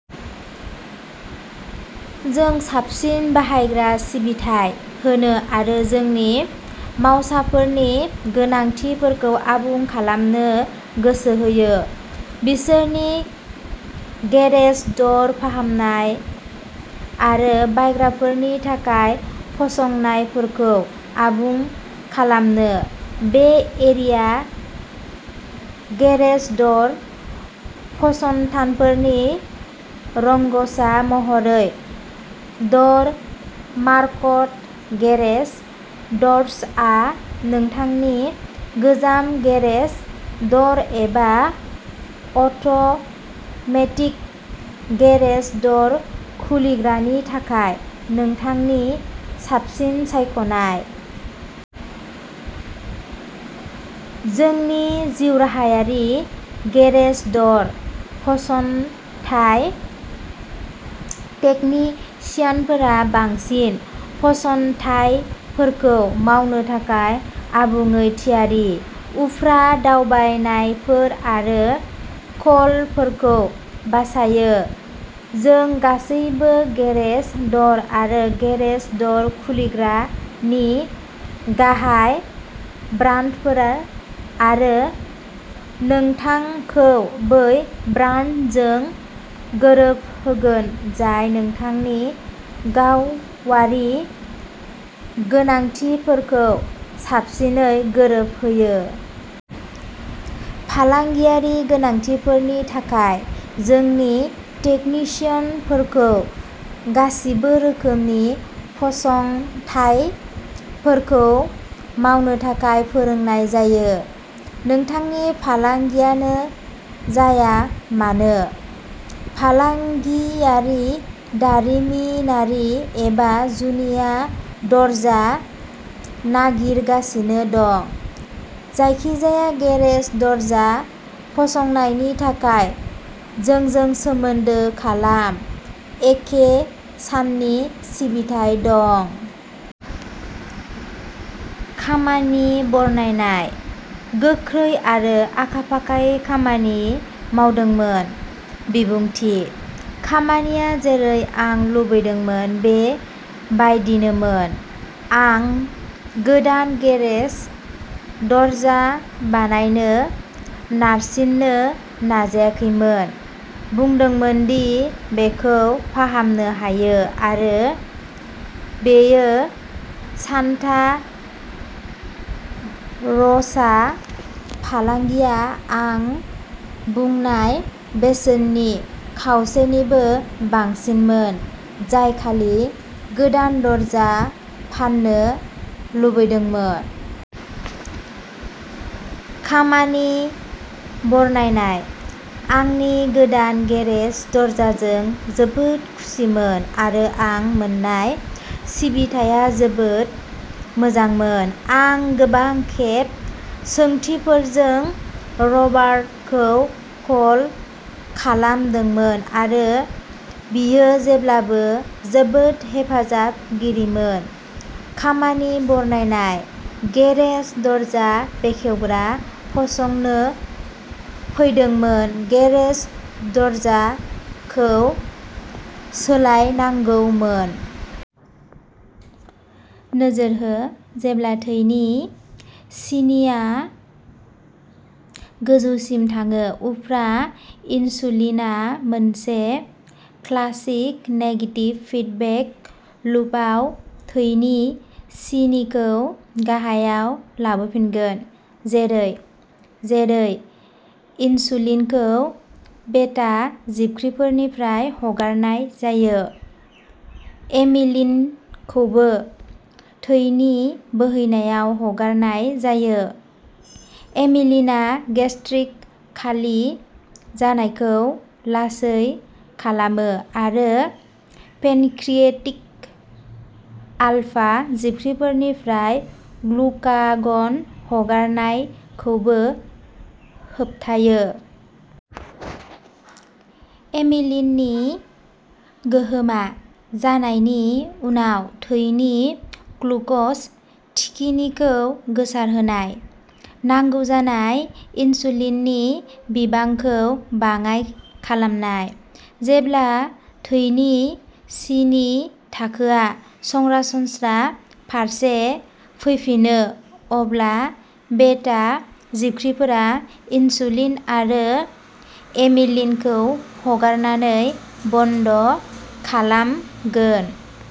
जों साबसिन बायग्रा सिबिथाइ होनो आरो जोंनि मावसाफोरनि गोनांथिफोरखौ आबुं खालामनो गोसो होयो, बिसोरनि गेरेज द'र फाहामनाय आरो बायग्राफोरनि थाखाय फसंनायफोरखौ आबुं खालामनो। बे एरिया गेरेज द'र फसंथायफोरनि रोंग'सा महरै, द'र-मार्ट गेरेज द'र्सआ नोंथांनि गोजाम गेरेज द'र एबा अट'मेटिक गेरेज द'र खुलिग्रानि थाखाय नोंथांनि साबसिन सायख'नाय। जोंनि जिउराहायारि गेरेज द'र फसंथाय टेकनिसियानफोरा बांसिन फसंथायफोरखौ मावनो थाखाय आबुङै थियारि, उफ्रा दावबायनायफोर आरो कलफोरखौ बासायो। जों गासैबो गेरेज द'र आरो गेरेज द'र खुलिग्रानि गाहाय ब्रान्डफोर आरो नोंथांखौ बै ब्रान्डजों गोरोबहोगोन जाय नोंथांनि गावारि गोनांथिफोरखौ साबसिनै गोरोबहोयो। फालांगियारि गोनांथिफोरनि थाखाय, जोंनि टेकनिसियानफोरखौ गासिबो रोखोमनि फसंथायफोरखौ मावनो थाखाय फोरोंनाय जायो, नोंथांनि फालांगियानो जाया मानो। फालांगियारि, दारिमिनारि एबा जुनिया दरजा नागिरगासिनो दं। जायखिजाया गेरेज दरजा फसंनायनि थाखाय जोंजों सोमोन्दो खालाम-एखे साननि सिबिथाइ दं! खामानि बरनायनायः गोख्रै आरो आखा-फाखायै खामानि मावदोंमोन। बिबुंथिः खामानिया जेरै आं लुबैदोंमोन बे बायदिनोमोन। आं गोदान गेरेज दरजा बायनो नारसिननो नाजाखैमोन, बुंदोंमोन दि बेखौ फाहामनो हायो, आरो बेयो सान्ता र'सा फालांगिया आं बुंनाय बेसेननि खावसेनिबो बांसिनमोन जाय खालि गोदान दरजा फाननो लुबैदोंमोन। खामानि बरनायनायः आंनि गोदान गेरेज दरजाजों जोबोद खुसिमोन आरो आं मोन्नाय सिबिथाया जोबोद मोजांमोन। आं गोबां खेब सोंथिफोरजों रबार्टखौ कल खालामदोंमोन आरो बियो जेब्लाबो जोबोद हेफाजाबगिरिमोन। खामानि बरनायनायः गेरेज दरजा बेखेवग्रा फसंनो फैदोंमोन, गेरेज दरजाखौ सोलायनांगौमोन। नोजोर हो जेब्ला थैनि सिनिआ गोजौसिम थाङो, उफ्रा इनसुलिनआ मोनसे क्लासिक नेगेटिभ फिडबेक लुपआव थैनि सिनिखौ गाहायाव लाबोफिनगोन। जेरै-जेरै इनसुलिनखौ बेटा जिबख्रिफोरनिफ्राय हगारनाय जायो, एमिलिनखौबो थैनि बोहैनायाव हगारनाय जायो। एमिलिनआ गेस्ट्रिक खालि जानायखौ लासै खालामो, आरो पेनक्रिएटिक आलफा जिबख्रिफोरनिफ्राय ग्लुकागन हगारनायखौबो होबथायो। एमिलिननि गोहोमा जानायनि उनाव थैनि ग्लुकज थिखिनिखौ गोसारहोनाय, नांगौ जानाय इनसुलिननि बिबांखौ बाङाइ खालामनाय। जेब्ला थैनि सिनि थाखोआ सरासनस्रा फारसे फैफिनो, अब्ला बेटा जिबख्रिफोरा इनसुलिन आरो एमिलिनखौ हगारनायखौ बन्द'खालामगोन।